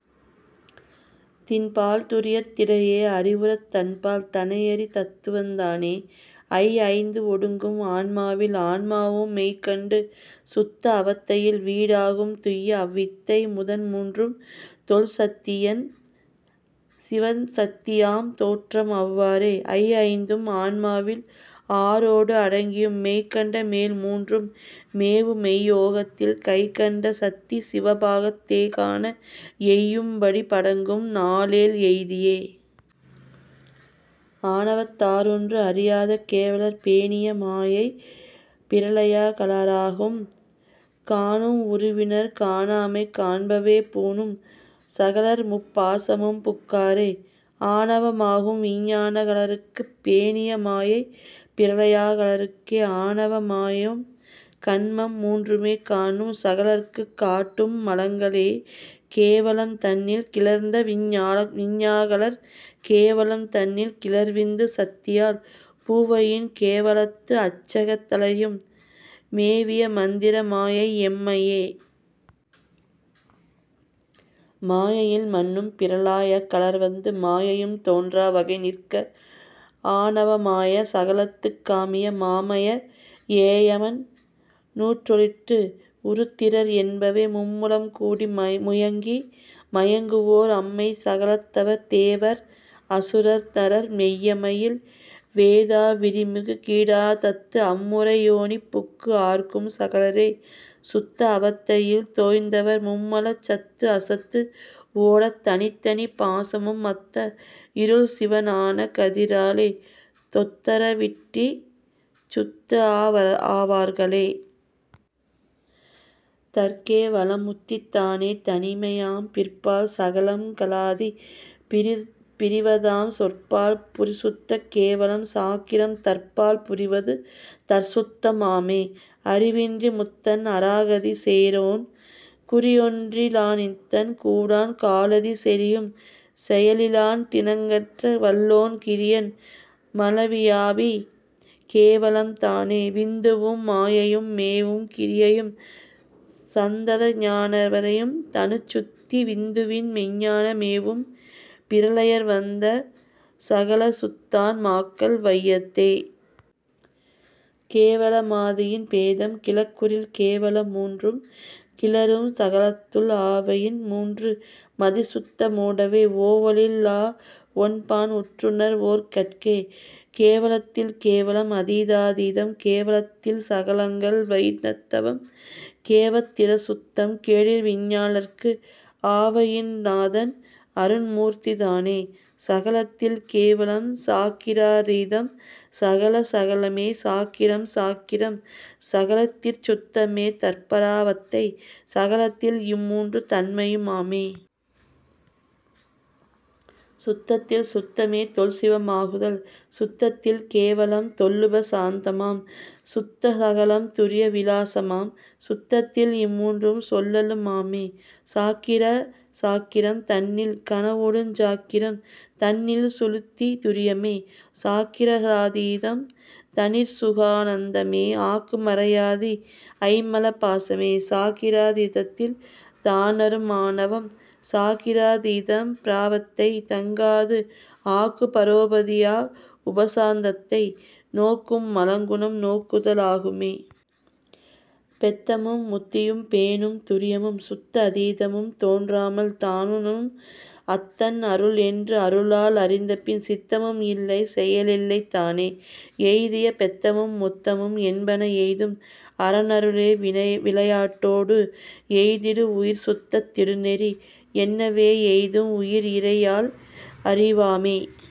தின்பால் துரியத் திடையே அறிவுறத் தன்பால் தனையறி தத்துவந் தானே. ஐ ஐந்து ஒடுங்கும் ஆன்மாவில் ஆன்மாவும் மெய்கண்டு சுத்த அவத்தையில் வீடாகும் துய்யஅவ் வித்தை முதன்மூன்றும் தொல்சத்தி ஐயன் சிவன்சத்தி யாம்தோற்றம் அவ்வாறே. ஐஐந்தும் ஆன்மாவில் ஆறோடு அடங்கியும் மெய்கண்ட மேல்மூன்றும் மேவுமெய் யோகத்தில் கைகண்ட சத்தி சிவபாகத் தேகாண எய்யும் படிபடங்கும் நாலேழ் எய்தியே. ஆணவத் தார்ஒன்று அறியாத கேவலர் பேணிய மாயைப் பிரளயா கலராகும் காணும் உருவினர் காணாமை காண்பவே பூணும் சகலர்முப் பாசமும் புக்காரே. ஆணவம் ஆகும் விஞ்ஞான கலருக்குப் பேணிய மாயை பிரளயா கலருக்கே ஆணவ மாயையும் கன்மம் மூன்றுமே காணும் சகலர்க்குக் காட்டும் மலங்களே கேவலம் தன்னில் கிளர்ந்தவிஞ்ஞாவிஞ் ஞாகலர் கேவலம் தன்னில் கிளர்விந்து சத்தியால் பூவயின் கேவலத்து அச்சக லத்தையும் மேவிய மந்திர மாயை மெய்ம்மையே. மாயையில் மன்னும் பிரளயா கலர்வந்து மாயையும் தோன்றா வகைநிற்க ஆணவ மாய சகலத்துக் காமிய மாமயை ஏயமன் நூற்றெட்டு உருத்திரர் என்பவே. மும்மலம் கூடி முயங்கி மயங்குவோர் அம்மெய்ச் சகலத்தவர் தேவர் அசுரர்நரர் மெய்ம்மையில் வேதா விரிமிகு கீடாந்தத்து அம்முறை யோனிபுக்கு ஆர்க்கும் சகலரே. சுத்த அவத்தையில் தோய்ந்தவர் மும்மலச் சத்துஅசத்து ஓடத் தனித்தனி பாசமும் மத்த இருள்சிவ னான கதிராலே தொத்தற விட்டிடச் சுத்தஆ வார்களே. தற்கே வலம்முத்தி தானே தனிமையாம் பிற்பால் சகலம் கலாதிப் பிறிபிறிவதாம் சொற்பால் புரிசுத்த கேவலம் சாக்கிரம் தற்பால் புரிவது தற்சுத்தம் ஆமே. அறிவின்றி முத்தன் அராகதி சேரான் குறியொன்றி லாநித்தன் கூடான் காலதி செறியும் செயலிலான் தினங்கற்ற வல்லோன் கிறியன் மலவியாபி கேவலம் தானே. விந்துவும் மாயையும் மேவும் கிரியையும் சந்தத ஞான பரையும் தனுச்சுத்தி விந்துவின் மெய்ஞ்ஞான மேவும் பிரளயர் வந்த சகலசுத் தான்மாக்கள் வையத்தே. கேவல மாதியின் பேதம் கிளக்குறில் கேவல மூன்றும் கிளரும் சகலத்துள் ஆவயின் மூன்று மதிசுத்த மூடவே ஓவலில் லாஒன்பான் ஒற்றுணர் வோர்கட்கே. கேவலத்தில் கேவலம் அதீதா தீதம் கேவலத் தில்சகலங்கள் வயிந்தவம் கேவத் திறசுத்தம் கேடில்விஞ் ஞாகலர்க்கு ஆவயின் நாதன் அருண்மூர்த்தி தானே. சகலத்தில் கேவலம் சாக்கிரா தீதம் சகல சகலமே சாக்கிர சாக்கிரம் சகலத்திற் சுத்தமே தற்பரா வத்தை சகலத்தில் இம்மூன்று தன்மையும் ஆமே. சுத்தத்தில் சுத்தமே தொல்சிவ மாகுதல் சுத்தத்தில் கேவலம் தொல்லுப சாந்தமாம் சுத்த சகலம் துரிய விலாசமாம் சுத்தத்தில் இம்மூன்றும் சொல்லலும் ஆமே. சாக்கிர சாக்கிரம் தன்னில் கனவொடுஞ் சாக்கிரம் தன்னில் சுழுத்தி துரியமே சாக்கிரா தீதம் தனிற்சுகா னந்தமே ஆக்கு மறையாதி ஐம்மல பாசமே. சாக்கிரா தீதத்தில் தானறும் ஆணவம் சாக்கிரா தீதம் பிராவத்தை தங்காது ஆக்கு பரோபதி யாஉப சாந்தத்தை நோக்கும் மலங்குணம் நோக்குதல் ஆகுமே. பெத்தமும் முத்தியும் பேணும் துரியமும் சுத்த அதீதமும் தோன்றாமல் தானுணும் அத்தன் அருள்என்று அருளால் அறிந்தபின் சித்தமும் இல்லை செயல்இல்லை தானே. எய்திய பெத்தமும் முத்தமும் என்பன எய்தும் அரன்அரு ளேவிளை விளையாட்டோ டு எய்திடு உயிர்சுத்தத் திடுநெறி என்னவே எய்தும் உயிர்இறை யால்அறி வாமே.